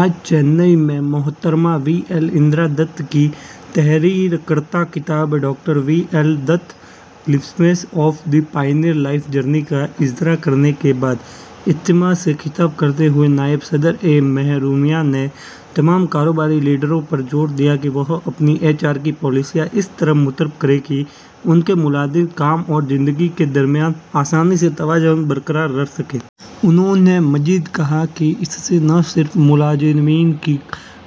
آج چنئی میں محترمہ وی ایل اندرا دت کی تحریر کردہ کتاب ’’doctor V L Dutt: glimpses of a pioneer life journey‘‘ کا اجراء کرنے کے بعد اجتماع سے خطاب کرتے ہوئے نائب صدر جمہوریہ نے تمام کاروباری لیڈروں پر زور دیا کہ وہ اپنی ایچ آر کی پالیسیاں اس طرح مرتب کریں کہ ان کے ملازمین کام اور زندگی کے درمیان آسانی سے توازن برقرار رکھ سکیں۔ انہوں نے مزید کہا کہ اس سے نہ صرف ملازمین کی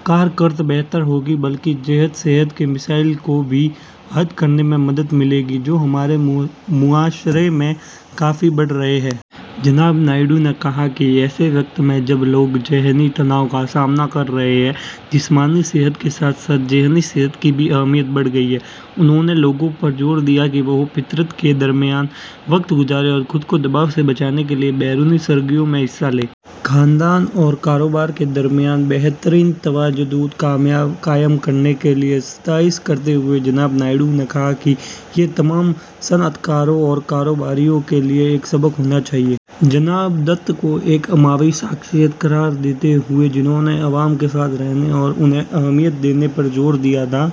کارکردگی بہتر ہوگی بلکہ ذہنی صحت کے مسائل کو بھی حل کرنے میں مدد ملے گی، جو ہمارے معاشرے میں کافی بڑھ رہے ہیں۔ جناب نائیڈو نے کہا کہ ایسے وقت میں جب لوگ ذہنی تناؤ کا سامنا کر رہے ہیں، جسمانی صحت کے ساتھ ساتھ ذہنی صحت کی بھی اہمیت بڑھ گئی ہے۔ انہوں نے لوگوں پر زور دیا کہ وہ فطرت کے درمیان وقت گزاریں اور خود کو دباؤ سے بچانے کے لیے بیرونی سرگرمیوں میں حصہ لیں۔ آنحہانی صنعت کار جناب وی ایل دت کی اپنے خاندان اور کاروبار کے درمیان بہترین توازن قائم کرنے کے لیے ستائش کرتے ہوئے جناب نائیڈو نے کہا کہ یہ تمام صنعت کاروں اور کاروباریوں کے لیے ایک سبق ہونا چاہیے۔ جناب دت کو ایک عوامی شخصیت قرار دیتے ہوئے، جنہوں نے عوام کے ساتھ رہنے اور انہیں اہمیت دینے پر زور دیا تھا،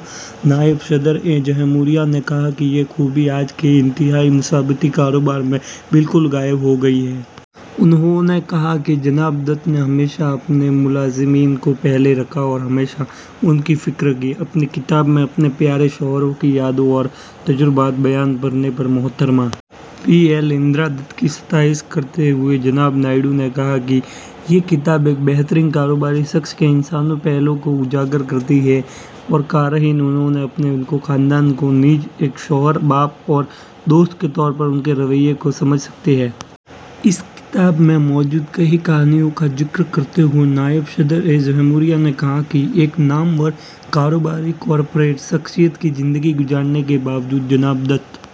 نائب صدر جمہوریہ نے کہا کہ یہ خوبی آج کے انتہائی مسابقتی کاروبار میں بالکل غائب ہو گئی ہے۔ انہوں نے کہا کہ جناب دت نے ہمیشہ اپنے ملازمین کو پہلے رکھا اور ہمیشہ ان کی فکر کی۔ اپنی کتاب میں اپنے پیارے شوہر کی یادوں اور تجربات بیان کرنے پر محترمہ وی ایل اندرا دت کی ستائش کرتے ہوئے جناب نائیڈو نے کہا کہ یہ کتاب ایک بہترین کاروباری شخص کے انسانی پہلو کو اجاگر کرتی ہے اور قارئین انہیں اور ان کے خاندان کو، نیز ایک شوہر، باپ اور دوست کے طور پر ان کے رویے کو سمجھ سکتے ہیں۔ اس کتاب میں موجود کئی کہانیوں کا ذکر کرتے ہوئے نائب صدر جمہوریہ نے کہا کہ ایک نامور کاروباری کارپوریٹ شخصیت کی زندگی گزارنے کے باوجود جناب دت۔۔۔